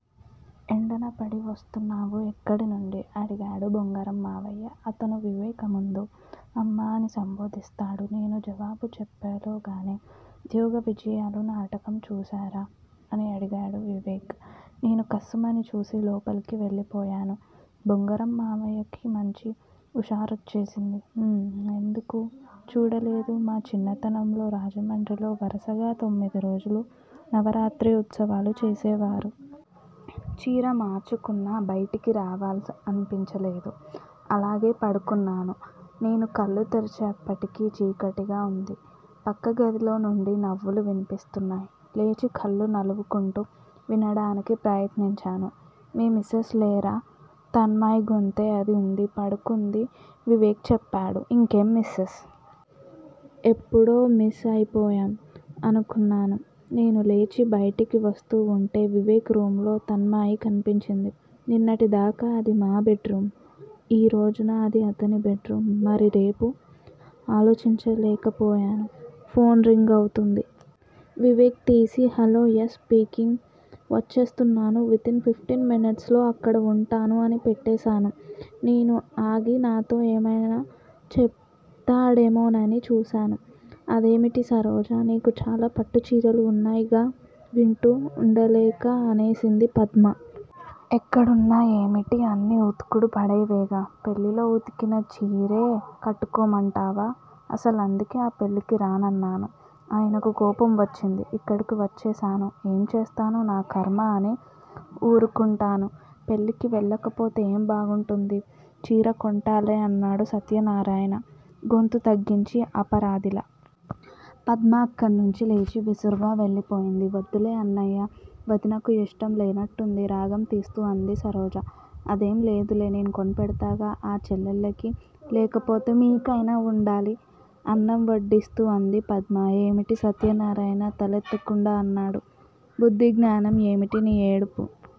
ఎండనపడి వస్తున్నావు? ఎక్కడి నుండీ? అడిగాడు బొంగరంమావయ్య. అతను వివేక్ ముందు 'అమ్మా' అని సంబోధిస్తాడు. నేను జవాబు చెప్పేలోగానే- ఉద్యోగ విజయాలు నాటకం చూశారా? అని అడిగాడు వివేక్. నేను కస్సుమని చూసి లోపలికి వెళ్ళిపోయాను. బొంగరం మావయ్యకి మంచి ఉషారోచ్చేసింది. ఉం! ఎందుకు చూడలేదూ మా చిన్నతనంలో రాజమండ్రిలో వరసగా తొమ్మిదిరోజులూ నవరాత్రి ఉత్సవాలు చేసేవారు. చీర మార్చుకున్నా బయటికి రావాలనిపించలేదు అలాగే పడుకున్నాను. నేను కళ్ళు తెరిచేటప్పటికి చీకటిగా వుంది! పక్క గదిలో నుండి నవ్వులు వినిపిస్తున్నాయి. లేచి కళ్లు నలువుకుంటూ వినడానికి ప్రయత్నించాను. మీ మిసెస్ లేరా? తన్మయి గొంతే అది ఉంది పడుకుంది వివేక్ చెప్పాడు. ఇంకేం మిసెస్? ఎప్పుడో మిస్ అయిపోయాం! అనుకున్నాను! నేను లేచి బయటికి వస్తూ వుంటే వివేక్ రూమ్ లో తన్మయి కనిపించింది. నిన్నటి దాకా అది మా బెడ్ రూమ్ ఈ రోజున అది అతని బెడ్ రూమ్ మరి రేపూ? ఆలోచించలేక పోయాను. ఫోన్ రింగ్ అవుతోంది. వివేక్ తీసి- హలో ఎస్ స్పీకింగ్ వచ్చేస్తున్నాను వితిన్ ఫిఫ్టిన్ మినిట్స్ లో అక్కడ వుంటాను అని పెట్టేశాను. నేను ఆగి నాతో ఏమైనా చెప్తాడేమోనని చూశాను. అదేమిటి సరోజా! నీకు చాలా పట్టు చీరలు వున్నాయ్ గా! వింటూ ఉండలేక అనేసింది పద్మ! ఎక్కడున్నా యేమిటి? అన్నీ ఉతుకుడు పడే వేగా? పెళ్ళిలో ఉతికిన చీరే కట్టుకోమంటావా? అసలు అందుకే ఆ పెళ్ళికి రానన్నాను. ఆయనకు కోపం వచ్చింది. ఇక్కడకు వచ్చేశాను. ఎం చేస్తాను? నా కర్మ అని ఊరుకుంటాను పెళ్ళికి వెళ్ళకపోతే ఏం బాగుంటుందీ? చీర కోంటాలే అన్నాడు సత్యనారాయణ గొంతు తగ్గించి అపరాదిలా. పద్మ అక్కడనుంచి లేచి విసురుగా వెళ్ళిపోయింది. వద్దులే అన్నయ్యా! వదినకు యిష్టం లేనట్టుంది రాగం తీస్తూ అన్నది సరోజ. అదేం లేదులే. నేను కొనిపెడ్తాగా? ఆ చెల్లెలికి లేకపోతే మీకైణా వుండాలి అన్నం వడ్డిస్తూ అంధి పద్మ. ఏమిటి? సత్యనారాయణ తలెత్తకుండా అన్నాడు. బుద్ధి జ్ఞానం! ఏమిటే నీ ఏడుపు?